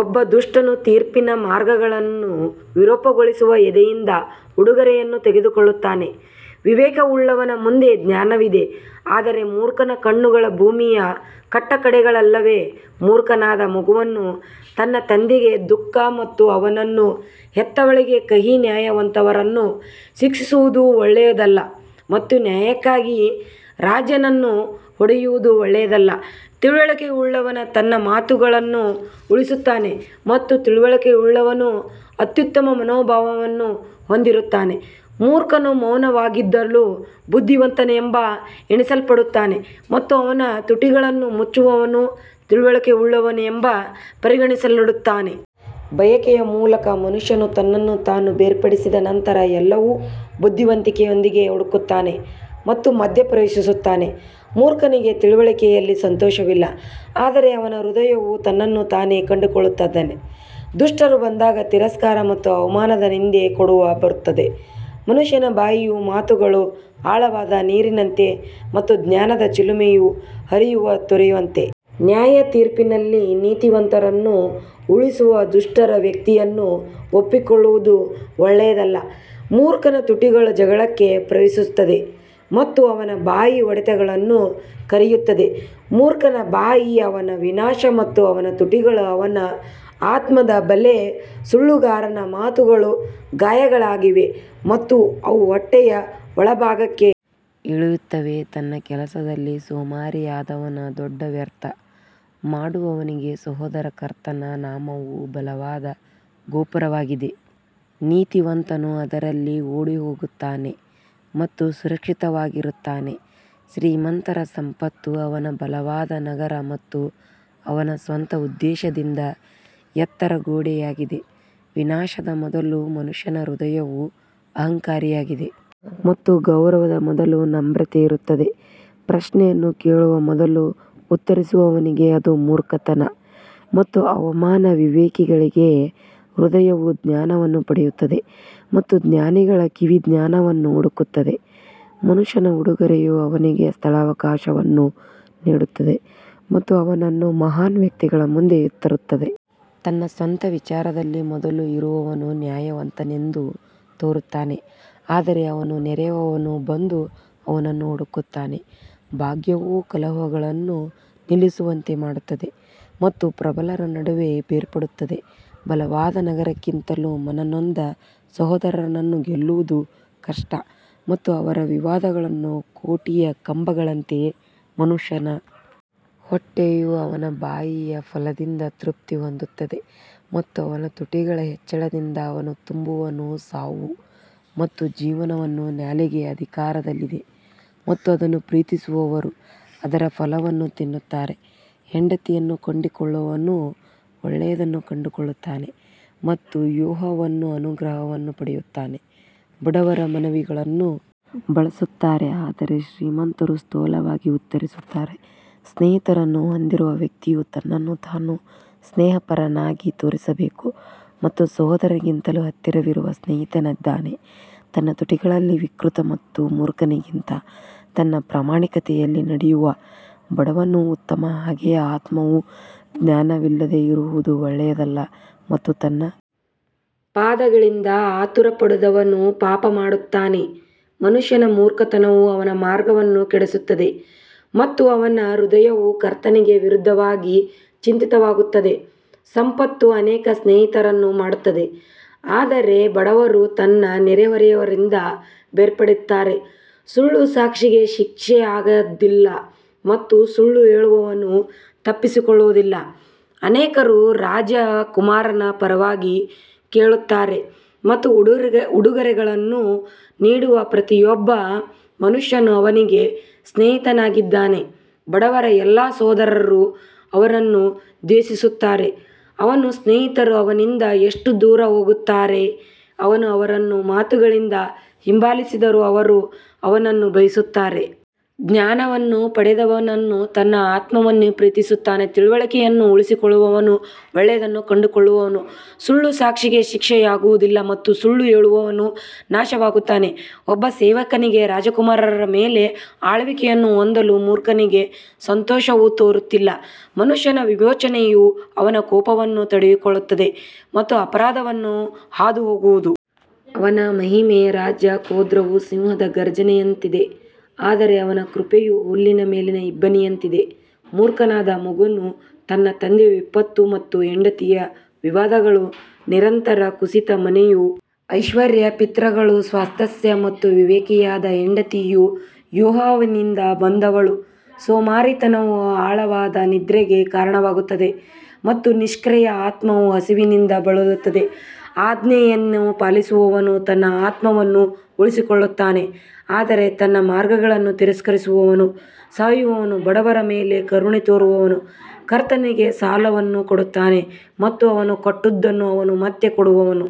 ಒಬ್ಬ ದುಷ್ಟನು ತೀರ್ಪಿನ ಮಾರ್ಗಗಳನ್ನು ವಿರೂಪಗೊಳಿಸಲು ಎದೆಯಿಂದ ಉಡುಗೊರೆಯನ್ನು ತೆಗೆದುಕೊಳ್ಳುತ್ತಾನೆ ವಿವೇಕವುಳ್ಳವನ ಮುಂದೆ ಜ್ಞಾನವಿದೆ ಆದರೆ ಮೂರ್ಖನ ಕಣ್ಣುಗಳು ಭೂಮಿಯ ಕಟ್ಟಕಡೆಗಳಲ್ಲಿವೆ ಮೂರ್ಖನಾದ ಮಗನು ತನ್ನ ತಂದೆಗೆ ದುಃಖ ಮತ್ತು ಅವನನ್ನು ಹೆತ್ತವಳಿಗೆ ಕಹಿ ನ್ಯಾಯವಂತರನ್ನು ಶಿಕ್ಷಿಸುವುದು ಒಳ್ಳೆಯದಲ್ಲ ಮತ್ತು ನ್ಯಾಯಕ್ಕಾಗಿ ರಾಜರನ್ನು ಹೊಡೆಯುವುದು ಒಳ್ಳೆಯದಲ್ಲ ತಿಳುವಳಿಕೆಯುಳ್ಳವನು ತನ್ನ ಮಾತುಗಳನ್ನು ಉಳಿಸುತ್ತಾನೆ ಮತ್ತು ತಿಳುವಳಿಕೆಯುಳ್ಳವನು ಅತ್ಯುತ್ತಮ ಮನೋಭಾವವನ್ನು ಹೊಂದಿರುತ್ತಾನೆ ಮೂರ್ಖನು ಮೌನವಾಗಿದ್ದಾಗಲೂ ಬುದ್ಧಿವಂತನೆಂದು ಎಣಿಸಲ್ಪಡುತ್ತಾನೆ ಮತ್ತು ಅವನ ತುಟಿಗಳನ್ನು ಮುಚ್ಚುವವನು ತಿಳುವಳಿಕೆಯುಳ್ಳವನೆಂದು ಪರಿಗಣಿಸಲ್ಪಡುತ್ತಾನೆ. ಬಯಕೆಯ ಮೂಲಕ ಮನುಷ್ಯನು ತನ್ನನ್ನು ಬೇರ್ಪಡಿಸಿದ ನಂತರ ಎಲ್ಲಾ ಬುದ್ಧಿವಂತಿಕೆಯೊಂದಿಗೆ ಹುಡುಕುತ್ತಾನೆ ಮತ್ತು ಮಧ್ಯಪ್ರವೇಶಿಸುತ್ತಾನೆ ಮೂರ್ಖನಿಗೆ ತಿಳುವಳಿಕೆಯಲ್ಲಿ ಸಂತೋಷವಿಲ್ಲ ಆದರೆ ಅವನ ಹೃದಯವು ತನ್ನನ್ನು ತಾನೇ ಕಂಡುಕೊಳ್ಳುತ್ತದೆ ದುಷ್ಟರು ಬಂದಾಗ ತಿರಸ್ಕಾರ ಮತ್ತು ಅವಮಾನದ ನಿಂದೆ ಕೂಡ ಬರುತ್ತದೆ ಮನುಷ್ಯನ ಬಾಯಿಯ ಮಾತುಗಳು ಆಳವಾದ ನೀರಿನಂತೆ ಮತ್ತು ಜ್ಞಾನದ ಚಿಲುಮೆಯು ಹರಿಯುವ ತೊರೆಯಂತೆ. ನ್ಯಾಯತೀರ್ಪಿನಲ್ಲಿ ನೀತಿವಂತರನ್ನು ಉರುಳಿಸಲು ದುಷ್ಟರ ವ್ಯಕ್ತಿಯನ್ನು ಒಪ್ಪಿಕೊಳ್ಳುವುದು ಒಳ್ಳೆಯದಲ್ಲ ಮೂರ್ಖನ ತುಟಿಗಳು ಜಗಳಕ್ಕೆ ಪ್ರವೇಶಿಸುತ್ತವೆ ಮತ್ತು ಅವನ ಬಾಯಿ ಹೊಡೆತಗಳನ್ನು ಕರೆಯುತ್ತದೆ ಮೂರ್ಖನ ಬಾಯಿ ಅವನ ವಿನಾಶ ಮತ್ತು ಅವನ ತುಟಿಗಳು ಅವನ ಆತ್ಮದ ಬಲೆ ಸುಳ್ಳುಗಾರನ ಮಾತುಗಳು ಗಾಯಗಳಾಗಿವೆ ಮತ್ತು ಅವು ಹೊಟ್ಟೆಯ ಒಳಭಾಗಕ್ಕೆ ಇಳಿಯುತ್ತವೆ ತನ್ನ ಕೆಲಸದಲ್ಲಿ ಸೋಮಾರಿಯಾದವನು ದೊಡ್ಡ ವ್ಯರ್ಥ ಮಾಡುವವನಿಗೆ ಸಹೋದರ ಕರ್ತನ ನಾಮವು ಬಲವಾದ ಗೋಪುರವಾಗಿದೆ, ನೀತಿವಂತನು ಅದರಲ್ಲಿ ಓಡಿಹೋಗುತ್ತಾನೆ ಮತ್ತು ಸುರಕ್ಷಿತವಾಗಿರುತ್ತಾನೆ ಶ್ರೀಮಂತರ ಸಂಪತ್ತು ಅವನ ಬಲವಾದ ನಗರ ಮತ್ತು ಅವನ ಸ್ವಂತ ಉದ್ದೇಶದಿಂದ ಎತ್ತರದ ಗೋಡೆಯಾಗಿದೆ ವಿನಾಶದ ಮೊದಲು ಮನುಷ್ಯನ ಹೃದಯವು ಅಹಂಕಾರಿಯಾಗಿದೆ ಮತ್ತು ಗೌರವದ ಮೊದಲು ನಮ್ರತೆ ಇರುತ್ತದೆ ಪ್ರಶ್ನೆಯನ್ನು ಕೇಳುವ ಮೊದಲು ಉತ್ತರಿಸುವವನಿಗೆ ಅದು ಮೂರ್ಖತನ ಮತ್ತು ಅವಮಾನ ವಿವೇಕಿಗಳ ಹೃದಯವು ಜ್ಞಾನವನ್ನು ಪಡೆಯುತ್ತದೆ ಮತ್ತು ಜ್ಞಾನಿಗಳ ಕಿವಿ ಜ್ಞಾನವನ್ನು ಹುಡುಕುತ್ತದೆ ಮನುಷ್ಯನ ಉಡುಗೊರೆಯು ಅವನಿಗೆ ಸ್ಥಳಾವಕಾಶವನ್ನು ನೀಡುತ್ತದೆ ಮತ್ತು ಅವನನ್ನು ಮಹಾನ್ ವ್ಯಕ್ತಿಗಳ ಮುಂದೆ ತರುತ್ತದೆ ತನ್ನ ಸ್ವಂತ ವಿಚಾರದಲ್ಲಿ ಮೊದಲು ಇರುವವನು ನ್ಯಾಯವಂತನೆಂದು ತೋರುತ್ತಾನೆ ಆದರೆ ಅವನ ನೆರೆಯವನು ಬಂದು ಅವನನ್ನು ಹುಡುಕುತ್ತಾನೆ ಭಾಗ್ಯವು ಕಲಹಗಳನ್ನು ನಿಲ್ಲಿಸುವಂತೆ ಮಾಡುತ್ತದೆ ಮತ್ತು ಪ್ರಬಲರ ನಡುವೆ ಬೇರ್ಪಡುತ್ತದೆ ಬಲವಾದ ನಗರಕ್ಕಿಂತ ಮನನೊಂದ ಸಹೋದರನನ್ನು ಗೆಲ್ಲುವುದು ಕಷ್ಟ ಮತ್ತು ಅವರ ವಿವಾದಗಳು ಕೋಟೆಯ ಕಂಬಗಳಂತಿವೆ ಮನುಷ್ಯನ ಹೊಟ್ಟೆಯು ಅವನ ಬಾಯಿಯ ಫಲದಿಂದ ತೃಪ್ತಿ ಹೊಂದುತ್ತದೆ ಮತ್ತು ಅವನ ತುಟಿಗಳ ಹೆಚ್ಚಳದಿಂದ ಅವನು ತುಂಬುವನು ಸಾವು ಮತ್ತು ಜೀವನವು ನಾಲಿಗೆಯ ಅಧಿಕಾರದಲ್ಲಿದೆ ಮತ್ತು ಅದನ್ನು ಪ್ರೀತಿಸುವವರು ಅದರ ಫಲವನ್ನು ತಿನ್ನುತ್ತಾರೆ ಹೆಂಡತಿಯನ್ನು ಕಂಡುಕೊಳ್ಳುವವನು ಒಳ್ಳೆಯದನ್ನು ಕಂಡುಕೊಳ್ಳುತ್ತಾನೆ ಮತ್ತು ಯೆಹೋವನ ಅನುಗ್ರಹವನ್ನು ಪಡೆಯುತ್ತಾನೆ ಬಡವರು ಮನವಿಗಳನ್ನು ಬಳಸುತ್ತಾರೆ ಆದರೆ ಶ್ರೀಮಂತರು ಸ್ಥೂಲವಾಗಿ ಉತ್ತರಿಸುತ್ತಾರೆ ಸ್ನೇಹಿತರನ್ನು ಹೊಂದಿರುವ ವ್ಯಕ್ತಿಯು ತನ್ನನ್ನು ತಾನು ಸ್ನೇಹಪರನಾಗಿ ತೋರಿಸಬೇಕು ಮತ್ತು ಸಹೋದರನಿಗಿಂತ ಹತ್ತಿರವಿರುವ ಸ್ನೇಹಿತನಿದ್ದಾನೆ ತನ್ನ ತುಟಿಗಳಲ್ಲಿ ವಿಕೃತ ಮತ್ತು ಮೂರ್ಖನಿಗಿಂತ ತನ್ನ ಪ್ರಾಮಾಣಿಕತೆಯಲ್ಲಿ ನಡೆಯುವ ಬಡವನು ಉತ್ತಮ ಹಾಗೆಯೇ ಆತ್ಮವು ಜ್ಞಾನವಿಲ್ಲದೆ ಇರುವುದು ಒಳ್ಳೆಯದಲ್ಲ ಮತ್ತು ತನ್ನ ಪಾದಗಳಿಂದ ಆತುರಪಡುವವನು ಪಾಪ ಮಾಡುತ್ತಾನೆ ಮನುಷ್ಯನ ಮೂರ್ಖತನವು ಅವನ ಮಾರ್ಗವನ್ನು ಕೆಡಿಸುತ್ತದೆ ಮತ್ತು ಅವನ ಹೃದಯವು ಕರ್ತನಿಗೆ ವಿರುದ್ಧವಾಗಿ ಚಿಂತಿತವಾಗುತ್ತದೆ ಸಂಪತ್ತು ಅನೇಕ ಸ್ನೇಹಿತರನ್ನು ಮಾಡುತ್ತದೆ ಆದರೆ ಬಡವರು ತನ್ನ ನೆರೆಹೊರೆಯವರಿಂದ ಬೇರ್ಪಟ್ಟಿದ್ದಾರೆ ಸುಳ್ಳು ಸಾಕ್ಷಿಗೆ ಶಿಕ್ಷೆಯಾಗುವುದಿಲ್ಲ ಮತ್ತು ಸುಳ್ಳು ಹೇಳುವವನು ತಪ್ಪಿಸಿಕೊಳ್ಳುವುದಿಲ್ಲ ಅನೇಕರು ರಾಜಕುಮಾರನ ಪರವಾಗಿ ಕೇಳುತ್ತಾರೆ ಮತ್ತು ಉಡುಗೊರೆಗಳನ್ನು ನೀಡುವ ಪ್ರತಿಯೊಬ್ಬ ಮನುಷ್ಯನು ಅವನಿಗೆ ಸ್ನೇಹಿತನಾಗಿದ್ದಾನೆ ಬಡವರ ಎಲ್ಲಾ ಸಹೋದರರು ಅವನನ್ನು ದ್ವೇಷಿಸುತ್ತಾರೆ, ಅವನ ಸ್ನೇಹಿತರು ಅವನಿಂದ ಎಷ್ಟು ದೂರ ಹೋಗುತ್ತಾರೆ, ಅವನು ಅವರನ್ನು ಮಾತುಗಳಿಂದ ಹಿಂಬಾಲಿಸಿದರೂ ಅವರು ಅವನನ್ನು ಬಯಸುತ್ತಾರೆ. ಜ್ಞಾನವನ್ನು ಪಡೆಯುವವನು ತನ್ನ ಆತ್ಮವನ್ನು ಪ್ರೀತಿಸುತ್ತಾನೆ, ತಿಳುವಳಿಕೆಯನ್ನು ಉಳಿಸಿಕೊಳ್ಳುವವನು ಒಳ್ಳೆಯದನ್ನು ಕಂಡುಕೊಳ್ಳುವನು ಸುಳ್ಳು ಸಾಕ್ಷಿಗೆ ಶಿಕ್ಷೆಯಾಗುವುದಿಲ್ಲ ಮತ್ತು ಸುಳ್ಳು ಹೇಳುವವನು ನಾಶವಾಗುತ್ತಾನೆ ಒಬ್ಬ ಸೇವಕನಿಗೆ ರಾಜಕುಮಾರರ ಮೇಲೆ ಆಳ್ವಿಕೆಯನ್ನು ಹೊಂದಲು ಮೂರ್ಖನಿಗೆ ಸಂತೋಷವು ತೋರುತ್ತಿಲ್ಲ ಮನುಷ್ಯನ ವಿವೇಚನೆಯು ಅವನ ಕೋಪವನ್ನು ತಡೆದುಕೊಳ್ಳುತ್ತದೆ ಮತ್ತು ಅಪರಾಧವನ್ನು ಹಾದುಹೋಗುವುದು ಅವನ ಮಹಿಮೆ ರಾಜರ ಕ್ರೋಧವು ಸಿಂಹದ ಘರ್ಜನೆಯಂತಿದೆ ಆದರೆ ಅವನ ಕೃಪೆಯು ಹುಲ್ಲಿನ ಮೇಲಿನ ಇಬ್ಬನಿಯಂತಿದೆ ಮೂರ್ಖನಾದ ಮಗನು ತನ್ನ ತಂದೆಯ ವಿಪತ್ತು ಮತ್ತು ಹೆಂಡತಿಯ ವಿವಾದಗಳು ನಿರಂತರ ಕುಸಿತ ಮನೆಯೂ ಐಶ್ವರ್ಯವೂ ಪಿತೃಗಳ ಸ್ವಾಸ್ತ್ಯ ಮತ್ತು ವಿವೇಕಿಯಾದ ಹೆಂಡತಿಯು ಯೆಹೋವನಿಂದ ಬಂದವಳು ಸೋಮಾರಿತನವು ಆಳವಾದ ನಿದ್ರೆಗೆ ಕಾರಣವಾಗುತ್ತದೆ ಮತ್ತು ನಿಷ್ಕ್ರಿಯ ಆತ್ಮವು ಹಸಿವಿನಿಂದ ಬಳಲುತ್ತದೆ ಆಜ್ಞೆಯನ್ನು ಪಾಲಿಸುವವನು ತನ್ನ ಆತ್ಮವನ್ನು ಉಳಿಸಿಕೊಳ್ಳುತ್ತಾನೆ ಆದರೆ ತನ್ನ ಮಾರ್ಗಗಳನ್ನು ತಿರಸ್ಕರಿಸುವವನು ಸಾಯುವನು ಬಡವರ ಮೇಲೆ ಕರುಣೆ ತೋರುವವನು ಕರ್ತನಿಗೆ ಸಾಲವನ್ನು ಕೊಡುತ್ತಾನೆ ಮತ್ತು ಅವನು ಕೊಟ್ಟದ್ದನ್ನು ಅವನು ಮತ್ತೆ ಕೊಡುವನು.